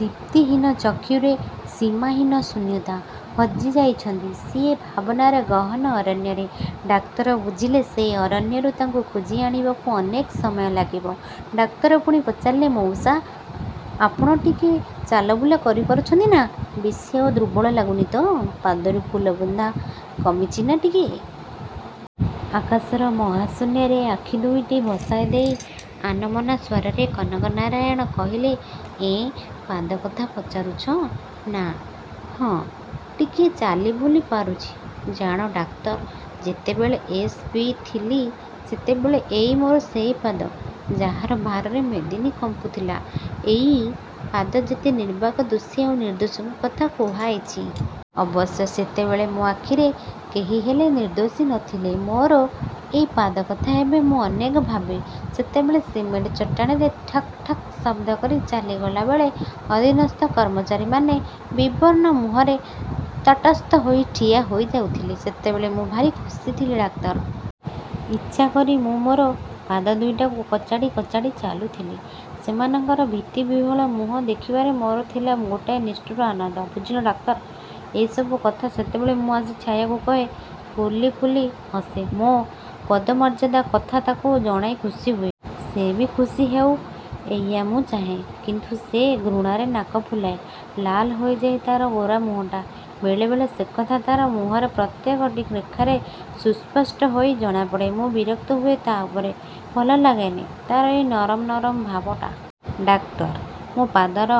ଦିପ୍ତିହୀନ ଚକ୍ଷୁରେ ସୀମାହୀନ ଶୂନ୍ୟତା। ହଜିଯାଇଛନ୍ତି। ସିଏ ଭାବନାର ଗହନ ଅରଣ୍ୟରେ। ଡାକ୍ତର ବୁଝିଲେ ସେଇ ଅରଣ୍ୟରୁ ତାଙ୍କୁ ଖୋଜିଆଣିବାକୁ ଅନେକ ସମୟ ଲାଗିବ। ଡାକ୍ତର ପୁଣି ପଚାରିଲେ ମଉସା, ଆପଣ ଟିକେ ଚାଲବୁଲ କରିପାରୁଛନ୍ତି ନା? ବେଶି ଆଉ ଦୁର୍ବଳ ଲାଗୁନି ତ? ପାଦରୁ ଫୁଲାବିନ୍ଧା କମିଛି ନା ଟିକେ? ଆକାଶର ମହାଶୂନ୍ୟରେ ଆଖିଦୁଇଟି ଭସାଇଦେଇ ଆନମନା ସ୍ୱରରେ କନକନାରାୟଣ କହିଲେ ଏଁ, ପାଦକଥା ପଚାରୁଛ? ନାଁ, ହଁ, ଟିକିଏ ଚାଲିବୁଲି ପାରୁଛି। ଜାଣ ଡାକ୍ତର, ଯେତେବେଳେ ଏସ. ପି. ଥିଲି ସେତେବେଳେ ଏଇ ମୋର ସେଇ ପାଦ, ଯାହାର ଭାରରେ ମେଦିନୀ କମ୍ପୁଥିଲା। ଏଇ ପାଦ କେତେ ନିର୍ବାକ ଦୋଷୀ ଆଉ ନିର୍ଦ୍ଦୋଷକୁ କଥା କୁହାଇଛି। ଅବଶ୍ୟ ସେତେବେଳେ ମୋ ଆଖିରେ କେହିହେଲେ ନିର୍ଦ୍ଦୋଷୀ ନ ଥିଲେ। ମୋର ଏଇ ପାଦକଥା ଏବେ ମୁଁ ଅନେକ ଭାବେ। ସେତେବେଳେ ସିମେଣ୍ଟ ଚଟାଣରେ ଠକ୍ ଠକ୍ ଶବ୍ଦ କରି ଚାଲିଗଲାବେଳେ ଅଧିନସ୍ଥ କର୍ମଚାରୀମାନେ ବିବର୍ଣ୍ଣ ମୁହଁରେ ତଟସ୍ଥ ହୋଇ ଠିଆ ହୋଇଯାଉଥିଲେ। ସେତେବେଳେ ମୁଁ ଭାରି ଖୁସିଥିଲି ଡାକ୍ତର। ଇଚ୍ଛାକରି ମୁଁ ମୋର ପାଦଦୁଇଟାକୁ କଚାଡ଼ି କଚାଡ଼ି ଚାଲୁଥିଲି। ସେମାନଙ୍କର ଭୀତିବିହ୍ୱଳ ମୁହଁ ଦେଖିବାରେ ମୋର ଥିଲା ଗୋଟାଏ ନିଷ୍ଠୁର ଆନନ୍ଦ। ବୁଝିଲ ଡାକ୍ତର, ଏଇସବୁ କଥା ସେତେବେଳେ ମୁଁ ଆସି ଛାୟାକୁ କହେ। ଫୁଲି ଫୁଲି ହସେ। ମୋ ପଦମର୍ଯ୍ୟାଦା କଥା ତାକୁ ଜଣାଇ ଖୁସିହୁଏ। ସେ ବି ଖୁସିହେଉ। ଏଇଆ ମୁଁ ଚାହେଁ। କିନ୍ତୁ ସେ ଘୃଣାରେ ନାକ ଫୁଲାଏ। ଲାଲ ହୋଇଯାଏ ତା'ର ଗୋରା ମୁହଁଟା। ବେଳେବେଳେ ସେକଥା ତା'ର ମୁହଁର ପ୍ରତ୍ୟେକଟି ରେଖାରେ ସୁସ୍ପଷ୍ଟ ହୋଇ ଜଣାପଡ଼େ। ମୁଁ ବିରକ୍ତ ହୁଏ ତା' ଉପରେ। ଭଲଲାଗେନି ତା'ର ଏଇ ନରମ ନରମ ଭାବଟା। ଡାକ୍ତର, ମୋ ପାଦର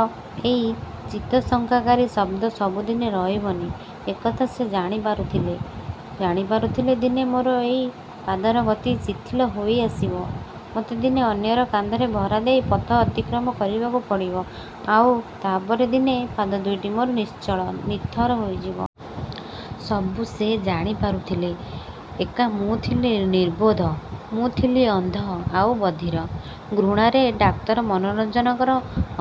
ଏଇ ଚିତ୍ତଶଙ୍କାକାରୀ ଶବ୍ଦ ସବୁଦିନେ ରହିବନି ଏ କଥା ସେ ଜାଣିପାରୁଥିଲେ। ଜାଣିପାରୁଥିଲେ ଦିନେ ମୋର ଏଇ ପାଦର ଗତି ଶିଥିଳ ହୋଇଆସିବ। ମୋତେ ଦିନେ ଅନ୍ୟର କାନ୍ଧରେ ଭରା ଦେଇ ପଥ ଅତିକ୍ରମ କରିବାକୁ ପଡ଼ିବ। ଆଉ ତା'ପରେ ଦିନେ ପାଦଦୁଇଟି ମୋର ନିଶ୍ଚଳ, ନିଥର ହୋଇଯିବ। ସବୁ ସେ ଜାଣିପାରୁଥିଲେ। ଏକା ମୁଁ ଥିଲି ନିର୍ବୋଧ, ମୁଁ ଥିଲି ଅନ୍ଧ, ଆଉ ବଧିର। ଘୃଣାରେ ଡାକ୍ତର ମନୋରଞ୍ଜନଙ୍କର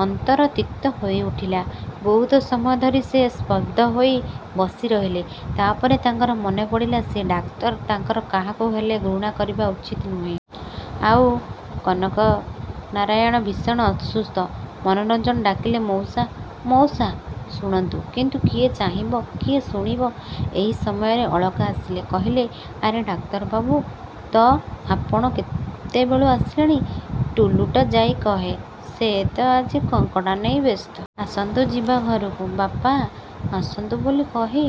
ଅନ୍ତର ତିକ୍ତ ହୋଇଉଠିଲା। ବହୁତ ସମୟ ଧରି ସେ ସ୍ତବ୍ଧ ହୋଇ ବସିରହିଲେ। ତା'ପରେ ତାଙ୍କର ମନେପଡ଼ିଲା ସେ ଡାକ୍ତର, ତାଙ୍କର କାହାକୁ ହେଲେ ଘୃଣା କରିବା ଉଚିତ ନୁହେଁ। ଆଉ କନକନାରାୟଣ ଭୀଷଣ ଅସୁସ୍ଥ। ମନୋରଞ୍ଜନ ଡାକିଲେ ମଉସା, ମାଉସା ଶୁଣନ୍ତୁ। କିନ୍ତୁ କିଏ ଚାହିଁବ, କିଏ ଶୁଣିବ! ଏହି ସମୟରେ ଅଳକା ଆସିଲେ। କହିଲେ, ଆରେ ଡାକ୍ତରବାବୁ ତ! ଆପଣ କେତେବେଳୁ ଆସିଲେଣି? ଟୁଲୁଟା ଯାଇ କହେ, ସେ ତ ଆଜି କଙ୍କଡ଼ା ନେଇ ବ୍ୟସ୍ତ। ଆସନ୍ତୁ ଯିବା ଘରକୁ। ବାପା ଆସନ୍ତୁ ବୋଲି କହି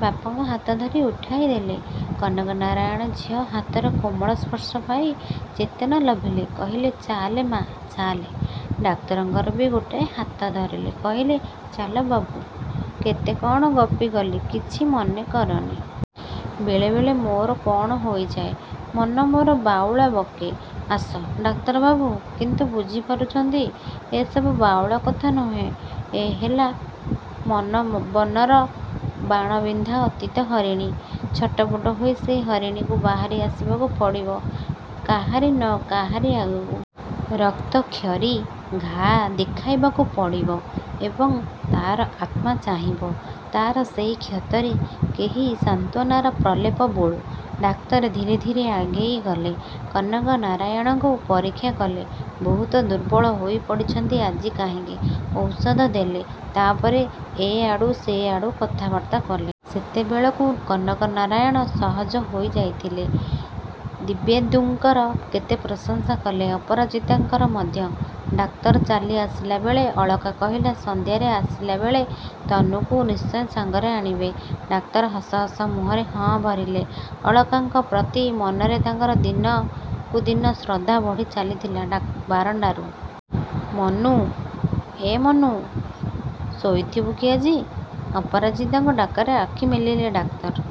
ବାପାଙ୍କ ହାତ ଧରି ଉଠାଇଦେଲେ। କନକନାରାୟଣ ଝିଅ ହାତର କୋମଳ ସ୍ପର୍ଶ ପାଇ ଚେତନା ଲଭିଲେ। କହିଲେ ଚାଲେ ମା', ଚାଲେ। ଡାକ୍ତରଙ୍କର ବି ଗୋଟିଏ ହାତ ଧରିଲେ। କହିଲେ, ଚାଲ ବୁଲୁ। କେତେ କ'ଣ ଗପିଗଲି କିଛି ମନେକରନି। ବେଳେବେଳେ ମୋର କ'ଣ ହୋଇଯାଏ। ମନ ମୋର ବାଉଳା ବକେ। ଆସ। ଡାକ୍ତର କିନ୍ତୁ ବୁଝିପାରିଛନ୍ତି ଏ ସବୁ ବାଉଳା କଥା ନୁହେଁ। ଏ ହେଲା ମନ ବନର ବାଣବିଦ୍ଧା ଅତୀତ ହରିଣୀ। ଛଟପଟ ହୋଇ ସେଇ ହରିଣୀକୁ ବାହାରି ଆସିବାକୁ ପଡ଼ିବ କାହାରି ନା କାହାରି ଆଗକୁ। ରକ୍ତକ୍ଷରୀ ଘାଆ ଦେଖାଇବାକୁ ପଡ଼ିବ ଏବଂ ତା'ର ଆତ୍ମା ଚାହିଁବ ତା'ର ସେଇ କ୍ଷତରେ କେହି ସାନ୍ତ୍ୱନାର ପ୍ରଲେପ ବୋଳୁ। ଡାକ୍ତର ଧୀରେ ଧୀରେ ଆଗେଇଗଲେ। କନକନାରାୟଣଙ୍କୁ ପରୀକ୍ଷା କଲେ। ବହୁତ ଦୁର୍ବଳ ହୋଇପଡ଼ିଛନ୍ତି ଆଜି କାହିଁକି? ଔଷଧ ଦେଲେ। ତାପରେ ଏଆଡ଼ୁ ସେଆଡ଼ୁ କଥାବାର୍ତ୍ତା କଲେ। ସେତେବେଳକୁ କନକନାରାୟଣ ସହଜ ହୋଇଯାଇଥିଲେ। ଦିବ୍ୟେନ୍ଦୁଙ୍କର କେତେ ପ୍ରଶଂସା କଲେ। ଅପରାଜିତାଙ୍କର ମଧ୍ୟ। ଡାକ୍ତର ଚାଲି ଆସିଲାବେଳେ ଅଳକା କହିଲେ ସନ୍ଧ୍ୟାରେ ଆସିଲାବେଳେ ତନୁକୁ ନିଶ୍ଚୟ ସାଙ୍ଗରେ ଆଣିବେ। ଡାକ୍ତର ହସ ହସ ମୁହଁରେ ହଁ ଭରିଲେ। ଅଳକାଙ୍କ ପ୍ରତି ମନରେ ତାଙ୍କର ଦିନକୁଦିନ ଶ୍ରଦ୍ଧା ବଢ଼ି ଚାଲିଥିଲା। ଡା ବାରଣ୍ଡାରୁ ମନୁ, ଏ ମନୁ, ଶୋଇଥିବୁ କି ଆଜି? ଅପରାଜିତାଙ୍କ ଡାକରେ ଆଖି ମେଲିଲେ ଡାକ୍ତର।